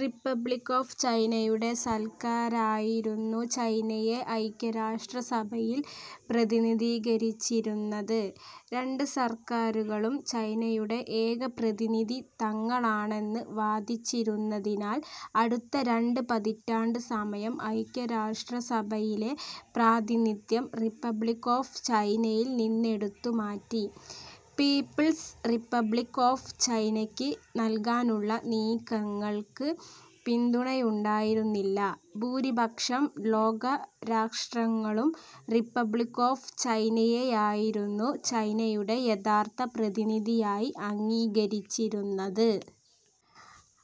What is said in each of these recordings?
Republic of ചൈനയുടെ സർക്കാരായിരുന്നു ചൈനയെ ഐക്യരാഷ്ട്രസഭയിൽ പ്രതിനിധീകരിച്ചിരുന്നത്. രണ്ട് സർക്കാരുകളും ചൈനയുടെ ഏക പ്രതിനിധി തങ്ങളാണെന്ന് വാദിച്ചിരുന്നതിനാൽ അടുത്ത രണ്ട് പതിറ്റാണ്ട് സമയം ഐക്യരാഷ്ട്രസഭയിലെ പ്രാതിനിത്യം റിപ്പബ്ലിക്ക് ഓഫ് ചൈനയിൽ നിന്നെടുത്തുമാറ്റി പീപ്പിൾസ് റിപ്പബ്ലിക്ക് ഓഫ് ചൈനയ്ക്ക് നൽകാനുള്ള നീക്കങ്ങൾക്ക് പിന്തുണയുണ്ടായിരുന്നില്ല. ഭൂരിപക്ഷം ലോകരാഷ്ട്രങ്ങളും റിപ്പബ്ലിക്ക് ഓഫ് ചൈനയെയായിരുന്നു ചൈനയുടെ യഥാർത്ഥ പ്രതിനിധിയായി അംഗീകരിച്ചിരുന്നത്.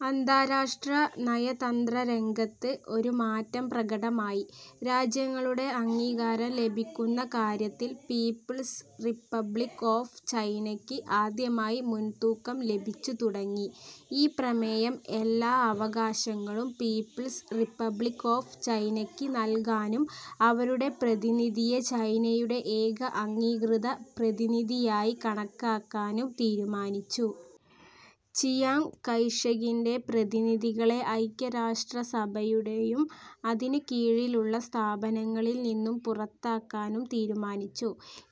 അന്താരാഷ്ട്ര നയതന്ത്രരംഗത്ത് ഒരു മാറ്റം പ്രകടമായി. രാജ്യങ്ങളുടെ അംഗീകാരം ലഭിക്കുന്ന കാര്യത്തിൽ പീപ്പിൾസ് റിപ്പബ്ലിക്ക് ഓഫ് ചൈനയ്ക്ക് ആദ്യമായി മുൻതൂക്കം ലഭിച്ചുതുടങ്ങി. ഈ പ്രമേയം എല്ലാ അവകാശങ്ങളും പീപ്പിൾസ് റിപ്പബ്ലിക്ക് ഓഫ് ചൈനയ്ക്ക് നൽകാനും അവരുടെ പ്രതിനിധിയെ ചൈനയുടെ ഏക അംഗീകൃത പ്രതിനിധിയായി കണക്കാക്കാനും തീരുമാനിച്ചു. ചിയാംഗ് കൈ ഷകിൻ്റെ പ്രതിനിധികളെ ഐക്യരാഷ്ട്രസഭയുടെയും അതിനു കീഴിലുള്ള സ്ഥാപനങ്ങളിൽ നിന്നും പുറത്താക്കാനും തീരുമാനിച്ചു.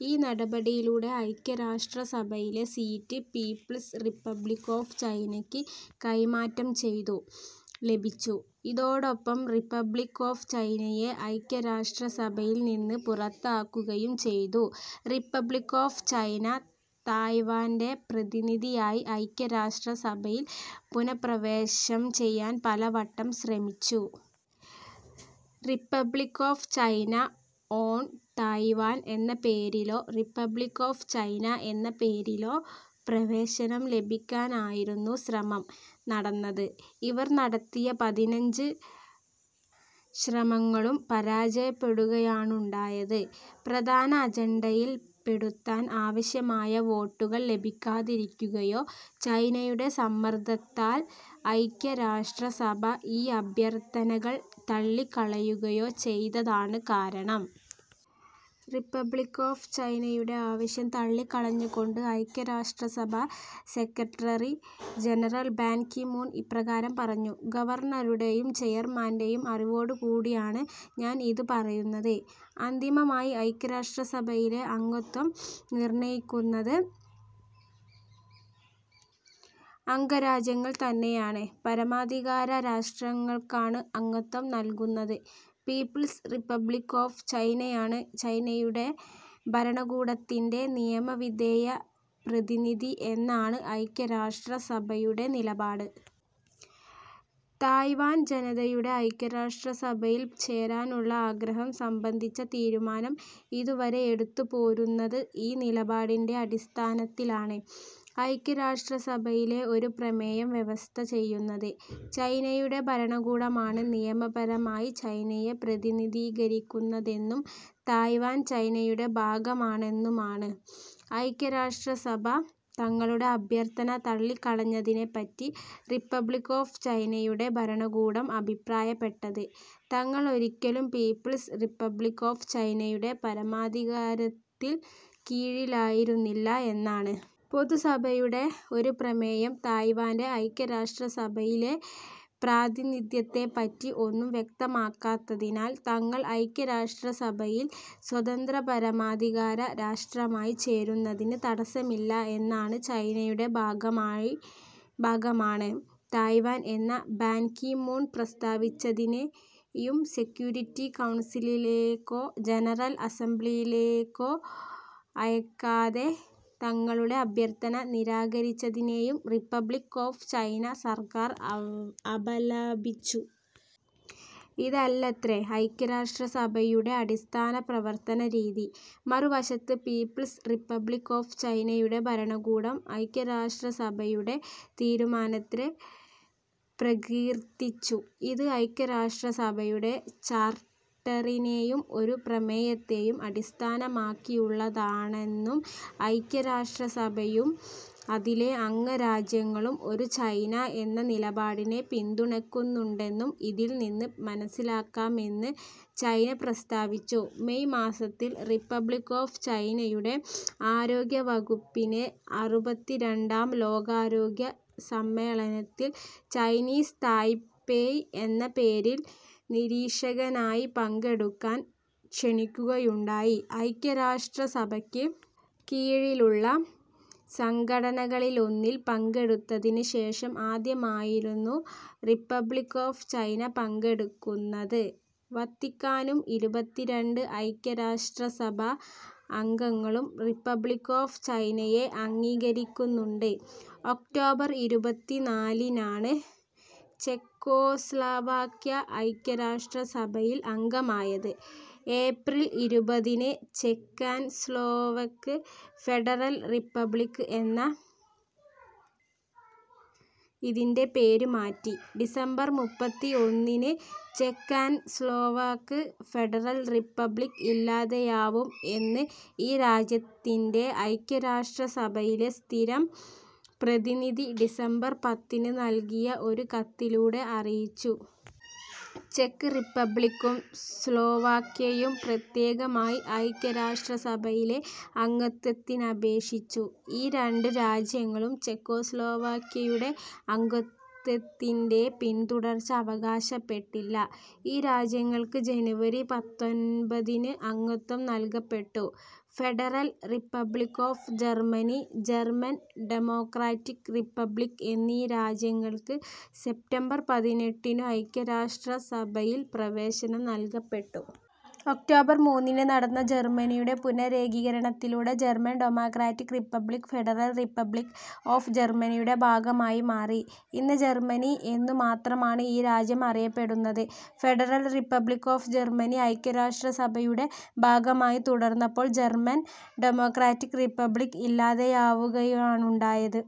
ഈ നടപടിയിലൂടെ ഐക്യരാഷ്ട്രസഭയിലെ സീറ്റ് പീപ്പിൾസ് റിപ്പബ്ലിക്ക് ഓഫ് ചൈനയ്ക്ക് കൈമാറ്റം ചെയ്തു ലഭിച്ചു. ഇതോടൊപ്പം റിപ്പബ്ലിക്ക് ഓഫ് ചൈനയെ ഐക്യരാഷ്ട്രസഭയിൽ നിന്ന് പുറത്താക്കുകയും ചെയ്തു. റിപ്പബ്ലിക്ക് ഓഫ് ചൈന തായ്‌വാന്റെപ്രതിനിധിയായി ഐക്യരാഷ്ട്രസഭയിൽ പുനഃപ്രവേശം ചെയ്യാൻ പലവട്ടം ശ്രമിച്ചു. Republic of China on Taiwan എന്ന പേരിലോ റിപ്പബ്ലിക്ക് ഓഫ് ചൈന എന്ന പേരിലോ പ്രവേശനം ലഭിക്കാനായിരുന്നു ശ്രമം നടന്നത്. ഇവർ നടത്തിയ പതിനഞ്ച് ശ്രമങ്ങളും പരാജയപ്പെടുകയാണുണ്ടായത്. പ്രധാന അജണ്ടയിൽ പെടുത്താൻ ആവശ്യമായ വോട്ടുകൾ ലഭിക്കാതിരിക്കുകയോ ചൈനയുടെ സമ്മർദ്ദത്താൽ ഐക്യരാഷ്ട്രസഭ ഈ അഭ്യർത്ഥനകൾ തള്ളിക്കളയുകയോ ചെയ്തതാണ് കാരണം. റിപ്പബ്ലിക്ക് ഓഫ് ചൈനയുടെ ആവശ്യം തള്ളിക്കളഞ്ഞുകൊണ്ട് ഐക്യരാഷ്ട്രസഭാ Secretary General Ban Ki Moon ഇപ്രകാരം പറഞ്ഞു. ഗവർണറുടെയും ചെയർമാൻ്റെയും അറിവോടുകൂടിയാണ് ഞാൻ ഇത് പറയുന്നത്. അന്തിമമായി ഐക്യരാഷ്ട്രസഭയിലെ അംഗത്വം നിർണയിക്കുന്നത് അംഗരാജ്യങ്ങൾ തന്നെയാണ്. പരമാധികാരരാഷ്ട്രങ്ങൾക്കാണ് അംഗത്വം നൽകുന്നത്. പീപ്പിൾസ് റിപ്പബ്ലിക്ക് ഓഫ് ചൈനയാണ് ചൈനയുടെ ഭരണകൂടത്തിൻ്റെ നിയമവിധേയ പ്രതിനിധി എന്നാണ് ഐക്യരാഷ്ട്രസഭയുടെ നിലപാട്. തായ്‌വാൻ ജനതയുടെ ഐക്യരാഷ്ട്രസഭയിൽ ചേരാനുള്ള ആഗ്രഹം സംബന്ധിച്ച തീരുമാനം ഇതുവരെ എടുത്തുപോരുന്നത് ഈ നിലപാടിൻ്റെ അടിസ്ഥാനത്തിലാണ്. ഐക്യരാഷ്ട്രസഭയിലെ ഒരു പ്രമേയം വ്യവസ്ഥ ചെയ്യുന്നത്, ചൈനയുടെ ഭരണകൂടമാണ് നിയമപരമായി ചൈനയെ പ്രതിനിധീകരിക്കുന്നതെന്നും തായ്‌വാൻ ചൈനയുടെ ഭാഗമാണെന്നുമാണ്. ഐക്യരാഷ്ട്രസഭ തങ്ങളുടെ അഭ്യർത്ഥന തള്ളിക്കളഞ്ഞതിനെപ്പറ്റി റിപ്പബ്ലിക്ക് ഓഫ് ചൈനയുടെ ഭരണകൂടം അഭിപ്രായപ്പെട്ടത് തങ്ങൾ ഒരിക്കലും പീപ്പിൾസ് റിപ്പബ്ലിക്ക് ഓഫ് ചൈനയുടെ പരമാധികാരത്തിൻ കീഴിലായിരുന്നില്ല എന്നാണ്. പൊതുസഭയുടെ ഒരു പ്രമേയം തായ്‌വാന്റെഐക്യരാഷ്ട്രസഭയിലെ പ്രാതിനിത്യത്തെപ്പറ്റി ഒന്നും വ്യക്തമാക്കാത്തതിനാൽ തങ്ങൾ ഐക്യരാഷ്ട്രസഭയിൽ സ്വതന്ത്രപരമാധികാര രാഷ്ട്രമായി ചേരുന്നതിന് തടസ്സമില്ല എന്നാണ്. ചൈനയുടെ ഭാഗമാണ് തായ്‌വാൻ എന്ന് ബാൻ കി മൂൺ പ്രസ്താവിച്ചതിനെയും സെക്യൂരിറ്റി കൗൺസിലിലേക്കോ ജനറൽ അസംബ്ലിയിലേലേക്കോ അയയ്ക്കാതെ തങ്ങളുടെ അഭ്യർത്ഥന നിരാകരിച്ചതിനെയും റിപ്പബ്ലിക്ക് ഓഫ് ചൈന സർക്കാർ അപലപിച്ചു. ഇതല്ലത്രേ ഐക്യരാഷ്ട്രസഭയുടെ അടിസ്ഥാന പ്രവർത്തനരീതി. മറുവശത്ത് പീപ്പിൾസ് റിപ്പബ്ലിക്ക് ഓഫ് ചൈനയുടെ ഭരണകൂടം ഐക്യരാഷ്ട്രസഭയുടെ തീരുമാനത്തെ പ്രകീർത്തിച്ചു. ഇത് ഐക്യരാഷ്ട്രസഭയുടെ ചാർട്ടറിനെയും ഒരു പ്രമേയത്തെയും അടിസ്ഥാനമാക്കിയുള്ളതാണെന്നും, ഐക്യരാഷ്ട്രസഭയും അതിലെ അംഗരാജ്യങ്ങളും ഒരു ചൈന എന്ന നിലപാടിനെ പിന്തുണയ്ക്കുന്നുണ്ടെന്നും ഇതിൽ നിന്ന് മനസ്സിലാക്കാമെന്ന് ചൈന പ്രസ്താവിച്ചു. മേയ് മാസത്തിൽ റിപ്പബ്ലിക്ക് ഓഫ് ചൈനയുടെ ആരോഗ്യവകുപ്പിനെ അറുപത്തിരണ്ടാം ലോകാരോഗ്യ സമ്മേളനത്തിൽ ചൈനീസ് തായ്പേയ് എന്ന പേരിൽ നിരീക്ഷകനായി പങ്കെടുക്കാൻ ക്ഷണിക്കുകയുണ്ടായി. ഐക്യരാഷ്ട്രസഭയ്ക്ക് കീഴിലുള്ള സംഘടനകളിലൊന്നിൽ പങ്കെടുത്തതിന് ശേഷം ആദ്യമായായിരുന്നു റിപ്പബ്ലിക്ക് ഓഫ് ചൈന പങ്കെടുക്കുന്നത്. വത്തിക്കാനും ഇരുപത്തിരണ്ട് ഐക്യരാഷ്ട്രസഭാ അംഗങ്ങളും റിപ്പബ്ലിക്ക് ഓഫ് ചൈനയെ അംഗീകരിക്കുന്നുണ്ട്. ഒക്ടോബർ ഇരുപത്തി നാലിനാണ് ചെക്കോസ്ലാവാക്യ ഐക്യരാഷ്ട്രസഭയിൽ അംഗമായത്. ഏപ്രിൽ ഇരുപതിന് ചെക്ക് ആൻഡ് സ്ലോവാക്ക് ഫെഡറൽ റിപ്പബ്ലിക്ക് എന്ന് ഇതിൻ്റെ പേരുമാറി. ഡിസംബർ മുപ്പത്തി ഒന്നിന് ചെക്ക് ആൻഡ് സ്ലോവാക്ക് ഫെഡറൽ റിപ്പബ്ലിക്ക് ഇല്ലാതെയാവും എന്ന് ഈ രാജ്യത്തിൻ്റെ ഐക്യരാഷ്ട്രസഭയിലെ സ്ഥിരം പ്രതിനിധി ഡിസംബർ പത്തിനു നൽകിയ ഒരു കത്തിലൂടെ അറിയിച്ചു. ചെക്ക് റിപ്പബ്ലിക്കും സ്ലോവാക്യയും പ്രത്യേകമായി ഐക്യരാഷ്ട്രസഭയിലെ അംഗത്വത്തിനപേക്ഷിച്ചു. ഈ രണ്ട് രാജ്യങ്ങളും ചെക്കോസ്ലോവാക്യയുടെ അംഗത്വത്തിൻ്റെ പിൻതുടർച്ച അവകാശപ്പെട്ടില്ല. ഈ രാജ്യങ്ങൾക്ക് ജനുവരി പത്തൊൻപതിനു അംഗത്വം നൽകപ്പെട്ടു. Federal Republic of Germany, German Democratic Republic എന്നീ രാജ്യങ്ങൾക്ക് സെപ്റ്റംബർ പതിനെട്ടിനു ഐക്യരാഷ്ട്രസഭയിൽ പ്രവേശനം നൽകപ്പെട്ടു. ഒക്ടോബർ മൂന്നിന് നടന്ന ജർമനിയുടെ പുനരേകീകരണത്തിലൂടെ German Democratic Republic Federal Republic of ജർമനിയുടെ ഭാഗമായി മാറി. ഇന്ന് ജർമനി എന്നു മാത്രമാണ് ഈ രാജ്യം അറിയപ്പെടുന്നത്. ഫെഡറൽ റിപ്പബ്ലിക്ക് ഓഫ് ജർമനി ഐക്യരാഷ്ട്രസഭയുടെ ഭാഗമായി തുടർന്നപ്പോൾ ജർമൻ ഡെമോക്രാറ്റിക് റിപ്പബ്ലിക്ക് ഇല്ലാതെയാവുകയാണുണ്ടായത്.